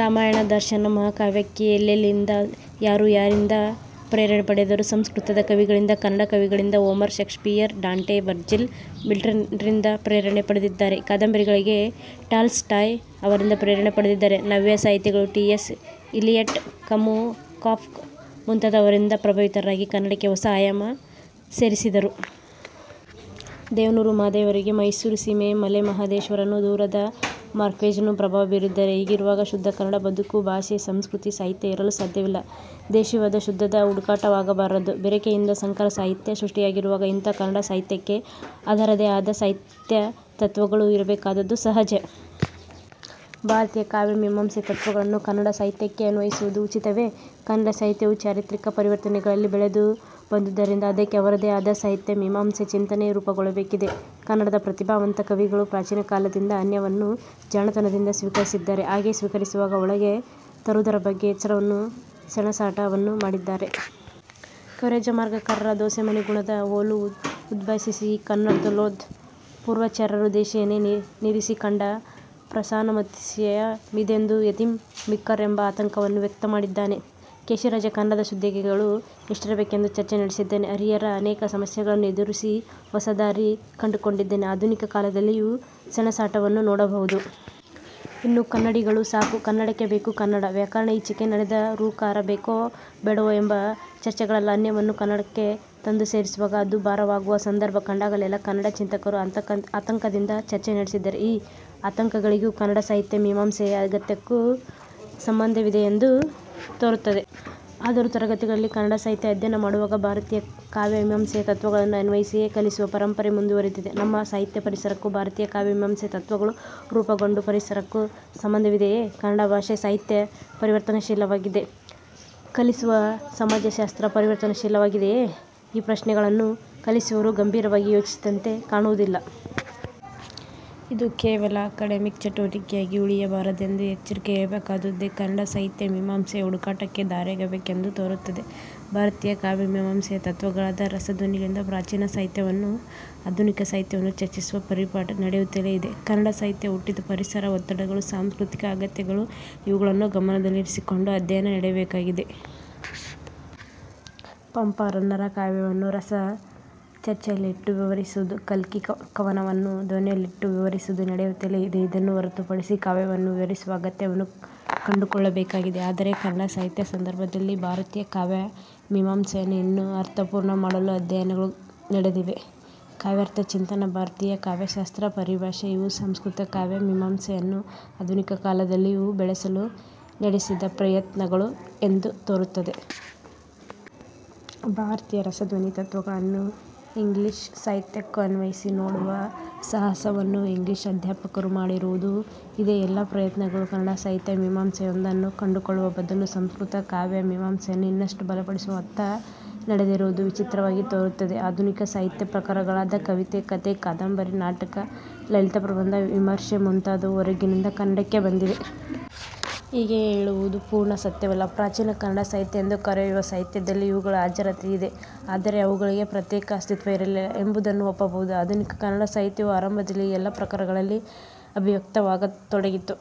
ರಾಮಾಯಣ ದರ್ಶನಂ' ಮಹಾಕಾವ್ಯಕ್ಕೆ ಎಲ್ಲೆಲ್ಲಿಯಿಂದ, ಯಾರು ಯಾರಿಂದ ಪ್ರೇರಣೆ ಪಡೆದರು? ಸಂಸ್ಕೃತದ ಕವಿಗಳಿಂದ, ಕನ್ನಡ ಕವಿಗಳಿಂದ, ಹೋಮರ, ಶೇಕ್ಸಪೀಯರ್, ಡಾಂಟೆ, ವರ್ಜಿಲ್, ಮಿಲ್ಟನ್ರಿಂದ ಪ್ರೇರಣೆ ಪಡೆದಿದ್ದಾರೆ. ಕಾದಂಬರಿಗಳಿಗೆ ಟಾಲ್ಸ್ ಟಾಯ್ ಅವರಿಂದ ಪ್ರೇರಣೆ ಪಡೆದಿದ್ದಾರೆ. ನವ್ಯ ಸಾಹಿತಿಗಳು T. S. Eliot, Camus, Kafka ಮುಂತಾದವರಿಂದ ಪ್ರಭಾವಿತರಾಗಿ ಕನ್ನಡಕ್ಕೆ ಹೊಸ ಆಯಾಮ ಸೇರಿಸಿದರು. ದೇವನೂರು ಮಹಾದೇವರಿಗೆ ಮೈಸೂರು ಸೀಮೆಯ ಮಲೆಮಹಾ ದೇಶ್ವರನೂ, ದೂರದ ಮಾರ್ಕ್ವೇಜ್ನು ಪ್ರಭಾವ ಬೀರಿದ್ದಾರೆ. ಹೀಗಿರುವಾಗ ಶುದ್ಧ ಕನ್ನಡ ಬದುಕು, ಭಾಷೆ, ಸಂಸ್ಕೃತಿ, ಸಾಹಿತ್ಯ ಇರಲು ಸಾಧ್ಯವಿಲ್ಲ. ದೇಶಿವಾದ ಶುದ್ಧದ ಹುಟುಕಾಟವಾಗಬಾರದು. ಬೆರೆಕೆಯಿಂದ ಸಂಕರ ಸಾಹಿತ್ಯ ಸೃಷ್ಠಿಯಾಗಿರುವಾಗ ಇಂಥಹ ಕನ್ನಡ ಸಾಹಿತ್ಯಕ್ಕೆ ಅದರದೇ ಆದ ಸಾಹಿತ್ಯ ತತ್ವಗಳು ಇರಬೇಕಾದದ್ದು ಸಹಜ. ಭಾರತೀಯ ಕಾವ್ಯ ಮೀಮಾಂಸೆಯ ತತ್ವಗಳನ್ನು ಕನ್ನಡ ಸಾಹಿತ್ಯಕ್ಕೆ ಅನ್ವಯಿಸುವುದು ಉಚಿತವೇ? ಕನ್ನಡ ಸಾಹಿತ್ಯವು ಚಾರಿತ್ರಿಕ ಪರಿವರ್ತನೆಗಳಲ್ಲಿ ಬೆಳೆದು ಬಂದದ್ದರಿಂದ ಅದಕ್ಕೆ ಅವರದೇ ಆದ ಸಾಹಿತ್ಯ ಮೀಮಾಂಸೆ ಚಿಂತನೆ ರೂಪುಗೊಳ್ಳಬೇಕಿದೆ. ಕನ್ನಡದ ಪ್ರತಿಭಾವಂತ ಕವಿಗಳು ಪ್ರಾಚೀನ ಕಾಲದಿಂದ ಅನ್ಯವನ್ನು ಜಾಣತನದಿಂದ ಸ್ವೀಕರಿಸಿದ್ದಾರೆ. ಹಾಗೆ ಸ್ವೀಕರಿಸುವಾಗ, ಒಳಗೆ ತರುವುದರ ಬಗ್ಗೆ ಎಚ್ಚರವನ್ನು, ಸೆಣಸಾಟ ವನ್ನು ಮಾಡಿದ್ದಾರೆ. ಕವಿರಾಜಮಾರ್ಗಕಾರ 'ದೋಸಮನೆ ಗುಣದ ವೊಲು ಉದ್ಭಾಸಿಸಿ, ಕನ್ನಡದೊಳೊಲ್ದು ಪೂರ್ವಾಚಾರ್ಯರ್, ದೇಶಿಯೆನೆ ನಿರಿಸಿ, ಖಂಡ ಪ್ರಾಸಮನತಿಶಯ ಮಿದೆಂದು ಯತಿಯಂ ಮಿಕ್ಕರ್' ಎಂಬ ಆತಂಕವನ್ನು ವ್ಯಕ್ತಮಾಡಿದ್ದಾನೆ. ಕೇಶಿರಾಜ ಕನ್ನಡದ ಶುದ್ಧಗೆಗಳು ಎಷ್ಟಿರಬೇಕೆಂದು ಚರ್ಚೆ ನಡೆಸಿದ್ದಾನೆ. ಹರಿಹರ ಅನೇಕ ಸಮಸ್ಯೆಗಳನ್ನು ಎದುರುಸಿ ಹೊಸ ದಾರಿ ಕಂಡುಕೊಂಡಿದ್ದಾನೆ. ಆಧುನಿಕ ಕಾಲದಲ್ಲಿಯೂ ಸೆಣಸಾಟವನ್ನು ನೋಡಬಹುದು. ಇನ್ನು ಕನ್ನಡಿಗಳು ಸಾಕು, ಕನ್ನಡಕ್ಕೆ ಬೇಕು ಕನ್ನಡ ವ್ಯಾಕರಣ, ಈಚೆಗೆ ನಡೆದ 'ಋ' ಕಾರ ಬೇಕೋ ಬೇಡವೋ ಎಂಬ ಚರ್ಚೆಗಳೆಲ್ಲ ಅನ್ಯವನ್ನು ಕನ್ನಡಕ್ಕೆ ತಂದು ಸೇರಿಸುವಾಗ ಅದು ಭಾರವಾಗುವ ಸಂದರ್ಭ ಕಂಡಾಗಲೆಲ್ಲ ಕನ್ನಡ ಚಿಂತಕರು ಆತಂಕದಿಂದ ಚರ್ಚೆ ನಡೆಸಿದ್ದಾರೆ. ಈ ಆತಂಕಗಳಿಗೂ ಕನ್ನಡ ಸಾಹಿತ್ಯ ಮೀಮಾಂಸೆಯ ಅಗತ್ಯಕ್ಕೂ ಸಂಬಧವಿದೆಯೆಂದು ತೋರುತ್ತದೆ. ಆದರೂ ತರಗತಿಗಳಲ್ಲಿ ಕನ್ನಡ ಸಾಹಿತ್ಯ ಅಧ್ಯಯನ ಮಾಡುವಾಗ ಭಾರತೀಯ ಕಾವ್ಯ ಮೀಮಾಂಸೆಯ ತತ್ವಗಳನ್ನು ಅನ್ವಯಿಸಿಯೇ ಕಲಿಸುವ ಪರಂಪರೆ ಮುಂದುವರೆದಿದೆ. ನಮ್ಮ ಸಾಹಿತ್ಯ ಪರಿಸರಕ್ಕೂ, ಭಾರತೀಯ ಕಾವ್ಯ ಮೀಮಾಂಸೆಯ ತತ್ವಗಳು ರೂಪುಗೊಂಡ ಪರಿಸರಕ್ಕೂ ಸಂಬಂಧವಿದೆಯೇ? ಕನ್ನಡ ಭಾಷೆ, ಸಾಹಿತ್ಯ ಪರಿವರ್ತನಶೀಲವಾಗಿದೆ. ಕಲಿಸುವ ಸಮಾಜಶಾಸ್ತ್ರ ಪರಿವರ್ತನಶೀಲವಾಗಿದೆಯೇ? ಈ ಪ್ರಶ್ನೆಗಳನ್ನು ಕಲಿಸುವವರು ಗಂಭೀರವಾಗಿ ಯೋಚಿಸಿದಂತೆ ಕಾಣುವುದಿಲ್ಲ. ಇದು ಕೇವಲ ಅಕಡೆಮಿಕ್ ಚಟುವಟಿಕೆಯಾಗಿ ಉಳಿಯ ಬಾರದೆಂದು ಎಚ್ಚರಿಕೆ ಇರಬೇಕಾದುದ್ದೇ ಕನ್ನಡ ಸಾಹಿತ್ಯ ಮೀಮಾಂಸೆಯ ಹುಡುಕಾಟಕ್ಕೆ ದಾರಿಯಾಗಬೇಕೆಂದು ತೋರುತ್ತದೆ. ಭಾರತೀಯ ಕಾವ್ಯ ಮೀಮಾಂಸೆಯ ತತ್ವಗಳಾದ ರಸ, ಧ್ವನಿಗಳಿಂದ ಪ್ರಾಚೀನ ಸಾಹಿತ್ಯ ವನ್ನು, ಆಧುನಿಕ ಸಾಹಿತ್ಯವನ್ನು ಚರ್ಚಿಸುವ ಪರಿಪಾಠ ನಡೆಯುತ್ತಲೇ ಇದೆ. ಕನ್ನಡ ಸಾಹಿತ್ಯ ಹುಟ್ಟಿದ ಪರಿಸರ, ಒತ್ತಡಗಳು, ಸಾಂಸ್ಕೃತಿಕ ಅಗತ್ಯಗಳು ಇವುಗಳನ್ನು ಗಮನದಲ್ಲಿರಿಸಿ ಕೊಂಡು ಅಧ್ಯಯನ ನಡೆಯಬೇಕಾಗಿದೆ. ಪಂಪ, ರನ್ನರ ಕಾವ್ಯವನ್ನು ರಸ ಚರ್ಚೆಯಲ್ಲಿಟ್ಟು ವಿವರಿಸುವುದು, ಕಲ್ಕಿ ಕವನವನ್ನು ಧ್ವನಿಯಲ್ಲಿಟ್ಟು ವಿವರಿಸುವುದು ನಡೆಯುತ್ತಲೇ ಇದೆ. ಇದನ್ನು ಹೊರತು ಪಡಿಸಿ ಕಾವ್ಯವನ್ನು ವಿವರಿಸುವ ಅಗತ್ಯವನ್ನು ಕಂಡುಕೊಳ್ಳಬೇಕಾಗಿದೆ. ಆದರೆ ಕನ್ನಡ ಸಾಹಿತ್ಯಿಕ ಸಂದರ್ಭದಲ್ಲಿ ಭಾರತೀಯ ಕಾವ್ಯ ಮೀಮಾಂಸೆಯನ್ನು ಇನ್ನೂ ಅರ್ಥಪೂರ್ಣ ಮಾಡಲು ಅಧ್ಯಯನಗಳು ನಡೆದಿವೆ. ಕಾವ್ಯಾರ್ಥ ಚಿಂತನ ಭಾರತೀಯ ಕಾವ್ಯಶಾಸ್ತ್ರ ಪರಿಭಾಷೆ ಇವು ಸಂಸ್ಕೃತ ಕಾವ್ಯ ಮೀಮಾಂಸೆಯನ್ನು ಆಧುನಿಕ ಕಾಲದಲ್ಲಿಯೂ ಬೆಳೆಸಲು ನೆಡೆಸಿದ ಪ್ರಯತ್ನ ಗಳು ಎಂದು ತೋರುತ್ತದೆ. ಭಾರತೀಯ ರಸ, ಧ್ವನಿ, ತತ್ವಗಳನ್ನು ಇಂಗ್ಲಿಶ್ ಸಾಹಿತ್ಯಕ್ಕೂ ಅನ್ವಯಿಸಿ ನೋಡುವ ಸಾಹಸವನ್ನು ಇಂಗ್ಲಿಶ್ ಅಧ್ಯಾಪಕರು ಮಾಡಿರುವುದೂ ಇದೆ. ಈ ಎಲ್ಲ ಪ್ರಯತ್ನಗಳು ಕನ್ನಡ ಸಾಹಿತ್ಯ ಮೀಮಾಂಸೆಯೊಂದನ್ನು ಕಂಡುಕೊಳ್ಳುವ ಬದಲು ಸಂಸ್ಕೃತ ಕಾವ್ಯ ಮೀಮಾಂಸೆಯನ್ನು ಇನ್ನಷ್ಟು ಬಲಪಡಿಸುವತ್ತ ನಡೆದಿರುವುದು ವಿಚಿತ್ರವಾಗಿ ತೋರುತ್ತದೆ. ಆಧುನಿಕ ಸಾಹಿತ್ಯ ಪ್ರಕಾರಗಳಾದ ಕವಿತೆ, ಕಥೆ, ಕಾದಂಬರಿ, ನಾಟಕ, ಲಲಿತಪ್ರಬಂಧ, ವಿಮರ್ಶೆ ಮುಂತಾದವು ಹೊರಗಿನಿಂದ ಕನ್ನಡಕ್ಕೆ ಬಂದಿವೆ. ಹೀಗೆ ಹೇಳುವುದು ಪೂರ್ಣ ಸತ್ಯವಲ್ಲ. ಪ್ರಾಚೀನ ಕನ್ನಡ ಸಾಹಿತ್ಯ ಎಂದು ಕರೆಯುವ ಸಾಹಿತ್ಯದಲ್ಲಿ ಇವುಗಳ ಹಾಜರಾತಿ ಇದೆ. ಆದರೆ ಅವುಗಳಿಗೆ ಪ್ರತ್ಯೇಕ ಅಸ್ತಿತ್ವ ಇರಲಿಲ್ಲ ಎಂಬುದನ್ನು ಒಪ್ಪಬಹುದು. ಆಧುನಿಕ ಕನ್ನಡ ಸಾಹಿತ್ಯವು ಆರಂಭದಲ್ಲಿ ಈ ಎಲ್ಲ ಪ್ರಕಾರಗಳಲ್ಲಿ ಅಭಿವ್ಯಕ್ತವಾಗತೊಡಗಿತು.